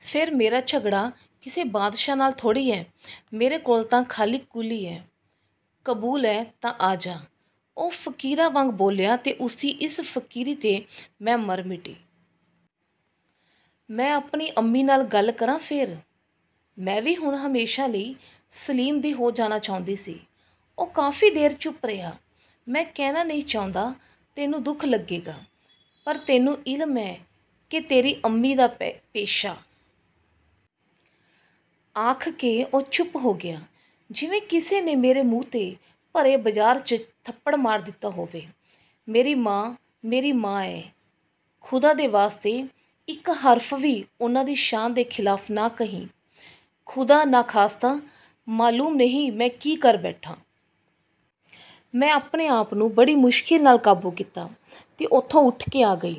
ਫੇਰ ਮੇਰਾ ਝਗੜਾ ਕਿਸੇ ਬਾਦਸ਼ਾਹ ਨਾਲ ਥੋੜ੍ਹੀ ਏ। ਮੇਰੇ ਕੋਲ ਤਾਂ ਖਾਲੀ ਕੁੱਲੀ ਏ, ਕਬੂਲ ਏ ਤਾਂ ਆ ਜਾ…। " ਉਹ ਫ਼ਕੀਰਾਂ ਵਾਂਗ ਬੋਲਿਆ ਤੇ ਉਸ ਦੀ ਇਸ ਫਕੀਰੀ 'ਤੇ ਮੈਂ ਮਰ ਮਿਟੀ। "ਮੈਂ ਆਪਣੀ ਅੰਮੀ ਨਾਲ ਗੱਲ ਕਰਾਂ ਫੇਰ? " ਮੈਂ ਵੀ ਹੁਣ ਹਮੇਸ਼ਾ ਲਈ ਸਲੀਮ ਦੀ ਹੋ ਜਾਣਾ ਚਾਹੁੰਦੀ ਸੀ। ਉਹ ਕਾਫੀ ਦੇਰ ਚੁੱਪ ਰਿਹਾ। ਮੈਂ ਕਹਿਣਾ ਨਹੀਂ ਚਾਹੁੰਦਾ, ਤੈਨੂੰ ਦੁੱਖ ਲੱਗੇਗਾ। ਪਰ ਤੈਨੂੰ ਇਲਮ ਏ ਕਿ ਤੇਰੀ ਅੰਮੀ ਦਾ ਪੇਸ਼ਾ…! " ਆਖ ਕੇ ਉਹ ਚੁੱਪ ਹੋ ਗਿਆ। ਜਿਵੇਂ ਕਿਸੇ ਨੇ ਮੇਰੇ ਮੂੰਹ 'ਤੇ ਭਰੇ ਬਾਜ਼ਾਰ 'ਚ ਥੱਪੜ ਮਾਰ ਦਿੱਤਾ ਹੋਵੇ। ਮੇਰੀ ਮਾਂ ਮੇਰੀ ਮਾਂ ਏ। ਖ਼ੁਦਾ ਦੇ ਵਾਸਤੇ ਇੱਕ ਹਰਫ ਵੀ ਉਨ੍ਹਾਂ ਦੀ ਸ਼ਾਨ ਦੇ ਖਿਲਾਫ ਨਾ ਕਹੀਂ… ਖੁਦਾ ਨਾਖਾਸਤਾ ਮਾਲੂਮ ਨਹੀਂ ਮੈਂ ਕੀ ਕਰ ਬੈਠਾਂ। " ਮੈਂ ਆਪਣੇ ਆਪ ਨੂੰ ਬੜੀ ਮੁਸ਼ਕਿਲ ਨਾਲ ਕਾਬੂ ਕੀਤਾ ਤੇ ਉਥੋਂ ਉਠ ਕੇ ਆ ਗਈ।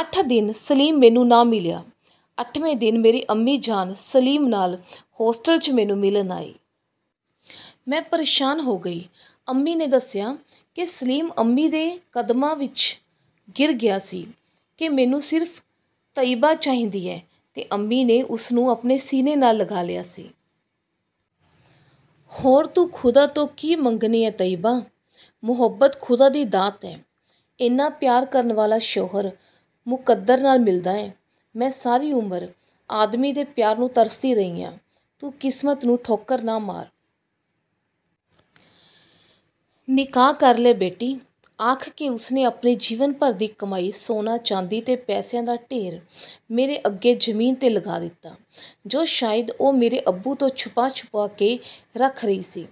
ਅੱਠ ਦਿਨ ਸਲੀਮ ਮੈਨੂੰ ਨਾ ਮਿਲਿਆ। ਅੱਠਵੇਂ ਦਿਨ ਮੇਰੀ ਅੰਮੀ ਜਾਨ ਸਲੀਮ ਨਾਲ ਹੋਸਟਲ 'ਚ ਮੈਨੂੰ ਮਿਲਣ ਆਈ। ਮੈਂ ਪਸ਼ੇਮਾਨ ਹੋ ਗਈ। ਅੰਮੀ ਨੇ ਦੱਸਿਆ ਕਿ ਸਲੀਮ ਅੰਮੀ ਦੇ ਕਦਮਾਂ 'ਚ ਗਿਰ ਗਿਆ ਸੀ ਕਿ ਮੈਨੂੰ ਸਿਰਫ ਤਈਅਬਾ ਚਾਹੀਦੀ ਏ। ਤੇ ਅੰਮੀ ਨੇ ਉਸ ਨੂੰ ਆਪਣੇ ਸੀਨੇ ਨਾਲ ਲਗਾ ਲਿਆ ਸੀ। "ਹੋਰ ਤੂੰ ਖ਼ੁਦਾ ਤੋਂ ਕੀ ਮੰਗਣੀ ਏਂ ਤਈਅਬਾ, ਮੁਹੱਬਤ ਖ਼ੁਦਾ ਦੀ ਦਾਤ ਏ। ਇੰਨਾ ਪਿਆਰ ਕਰਨ ਵਾਲਾ ਸ਼ੋਹਰ ਮੁਕੱਦਰ ਨਾਲ ਮਿਲਦਾ ਏ। ਮੈਂ ਸਾਰੀ ਉਮਰ ਆਦਮੀ ਦੇ ਪਿਆਰ ਨੂੰ ਤਰਸਦੀ ਰਹੀ ਆਂ। ਤੂੰ ਕਿਸਮਤ ਨੂੰ ਠੋਕਰ ਨਾ ਮਾਰ। ਨਿਕਾਹ ਕਰ ਲੈ ਬੇਟੀ। " ਆਖ ਕੇ ਉਸ ਨੇ ਆਪਣੇ ਜੀਵਨ ਭਰ ਦੀ ਕਮਾਈ ਸੋਨਾ ਚਾਂਦੀ ਤੇ ਪੈਸਿਆਂ ਦਾ ਢੇਰ ਮੇਰੇ ਅੱਗੇ ਜ਼ਮੀਨ 'ਤੇ ਲਗਾ ਦਿੱਤਾ ਜੋ ਸ਼ਾਇਦ ਉਹ ਮੇਰੇ ਅੱਬੂ ਤੋਂ ਛੁਪਾ ਛੁਪਾ ਕੇ ਰੱਖ ਰਹੀ ਸੀ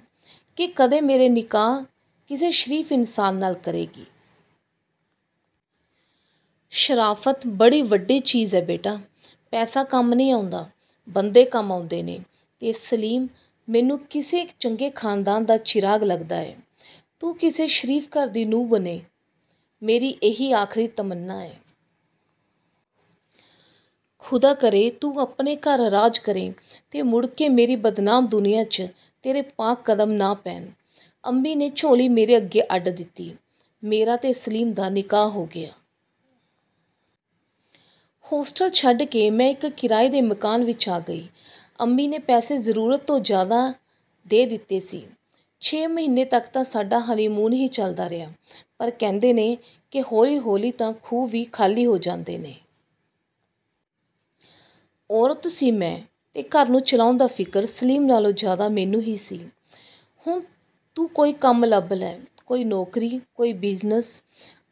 ਕਿ ਕਦੇ ਮੇਰਾ ਨਿਕਾਹ ਕਿਸੇ ਸ਼ਰੀਫ ਇਨਸਾਨ ਨਾਲ ਕਰੇਗੀ। "ਸ਼ਰਾਫ਼ਤ ਬੜੀ ਵੱਡੀ ਚੀਜ਼ ਏ ਬੇਟਾ….। ਪੈਸਾ ਕੰਮ ਨਹੀਂ ਆਉਂਦਾ, ਬੰਦੇ ਕੰਮ ਆਉਂਦੇ ਨੇ, ਤੇ ਸਲੀਮ ਮੈਨੂੰ ਕਿਸੇ ਚੰਗੇ ਖਾਨਦਾਨ ਦਾ ਚਿਰਾਗ ਲੱਗਦਾ ਏ। ਤੂੰ ਕਿਸੇ ਸ਼ਰੀਫ ਘਰ ਦੀ ਬਹੂ ਬਣੇਂ, ਮੇਰੀ ਇਹੀ ਆਖਰੀ ਤਮੰਨਾ ਏ…। ਖ਼ੁਦਾ ਕਰੇ ਤੂੰ ਆਪਣੇ ਘਰ ਰਾਜ ਕਰੇਂ ਤੇ ਮੁੜ ਕੇ ਮੇਰੀ ਬਦਨਾਮ ਦੁਨੀਆਂ 'ਚ ਤੇਰੇ ਪਾਕ ਕਦਮ ਨਾ ਪੈਣ। " ਅੰਮੀ ਨੇ ਝੋਲੀ ਮੇਰੇ ਅੱਗੇ ਅੱਡ ਦਿੱਤੀ। ਮੇਰਾ ਤੇ ਸਲੀਮ ਦਾ ਨਿਕਾਹ ਹੋ ਗਿਆ। ਹੋਸਟਲ ਛੱਡ ਕੇ ਮੈਂ ਇੱਕ ਕਿਰਾਏ ਦੇ ਮਕਾਨ ਵਿਚ ਆ ਗਈ। ਅੰਮੀ ਨੇ ਪੈਸੇ ਜ਼ਰੂਰਤ ਤੋਂ ਜ਼ਿਆਦਾ ਦੇ ਦਿੱਤੇ ਸੀ। ਛੇ ਮਹੀਨੇ ਤੱਕ ਤਾਂ ਸਾਡਾ ਹਨੀਮੂਨ ਹੀ ਚੱਲਦਾ ਰਿਹਾ। ਪਰ ਕਹਿੰਦੇ ਨੇ ਕਿ ਹੌਲੀ ਹੌਲੀ ਤਾਂ ਖੂਹ ਵੀ ਖਾਲੀ ਹੋ ਜਾਂਦੇ ਨੇ। ਔਰਤ ਸੀ ਮੈਂ ਤੇ ਘਰ ਨੂੰ ਚਲਾਉਣ ਦਾ ਫਿਕਰ ਸਲੀਮ ਨਾਲੋਂ ਜ਼ਿਆਦਾ ਮੈਨੂੰ ਹੀ ਸੀ। ਹੁਣ ਤੂੰ ਕੋਈ ਕੰਮ ਲੱਭ ਲੈ। ਕੋਈ ਨੌਕਰੀ…। ਕੋਈ ਬਿਜ਼ਨਸ਼..।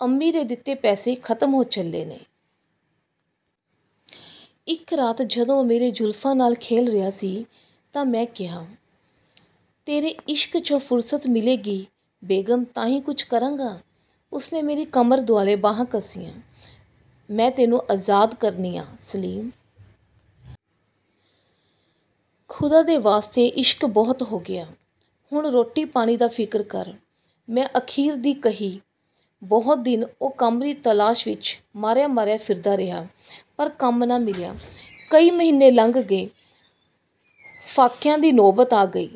ਅੰਮੀ ਦੇ ਦਿੱਤੇ ਪੈਸੇ ਖ਼ਤਮ ਹੋ ਚੱਲੇ ਨੇ। " ਇੱਕ ਰਾਤ ਜਦੋਂ ਉਹ ਮੇਰੀਆਂ ਜ਼ੁਲਫ਼ਾਂ ਨਾਲ ਖੇਲ ਰਿਹਾ ਸੀ ਤਾਂ ਮੈਂ ਕਿਹਾ। "ਤੇਰੇ ਇਸ਼ਕ 'ਚੋਂ ਫੁਰਸਤ ਮਿਲੇਗੀ ਬੇਗ਼ਮ ਤਾਂ ਹੀ ਕੁਝ ਕਰਾਂਗਾ। " ਉਸ ਨੇ ਮੇਰੀ ਕਮਰ ਦੁਆਲੇ ਬਾਹਾਂ ਕੱਸੀਆਂ। "ਮੈਂ ਤੈਨੂੰ ਆਜ਼ਾਦ ਕਰਨੀ ਆਂ ਸਲੀਮ। ਖ਼ੁਦਾ ਦੇ ਵਾਸਤੇ ਇਸ਼ਕ ਬਹੁਤ ਹੋ ਗਿਆ। ਹੁਣ ਰੋਟੀ ਪਾਣੀ ਦਾ ਫਿਕਰ ਕਰ। " ਮੈਂ ਅਖੀਰ ਦੀ ਕਹੀ। ਬਹੁਤ ਦਿਨ ਉਹ ਕੰਮ ਦੀ ਤਲਾਸ਼ ਵਿਚ ਮਾਰਿਆ ਮਾਰਿਆ ਫਿਰਦਾ ਰਿਹਾ, ਪਰ ਕੰਮ ਨਾ ਮਿਲਿਆ। ਕਈ ਮਹੀਨੇ ਲੰਘ ਗਏ। ਫਾਕਿਆਂ ਦੀ ਨੌਬਤ ਆ ਗਈ।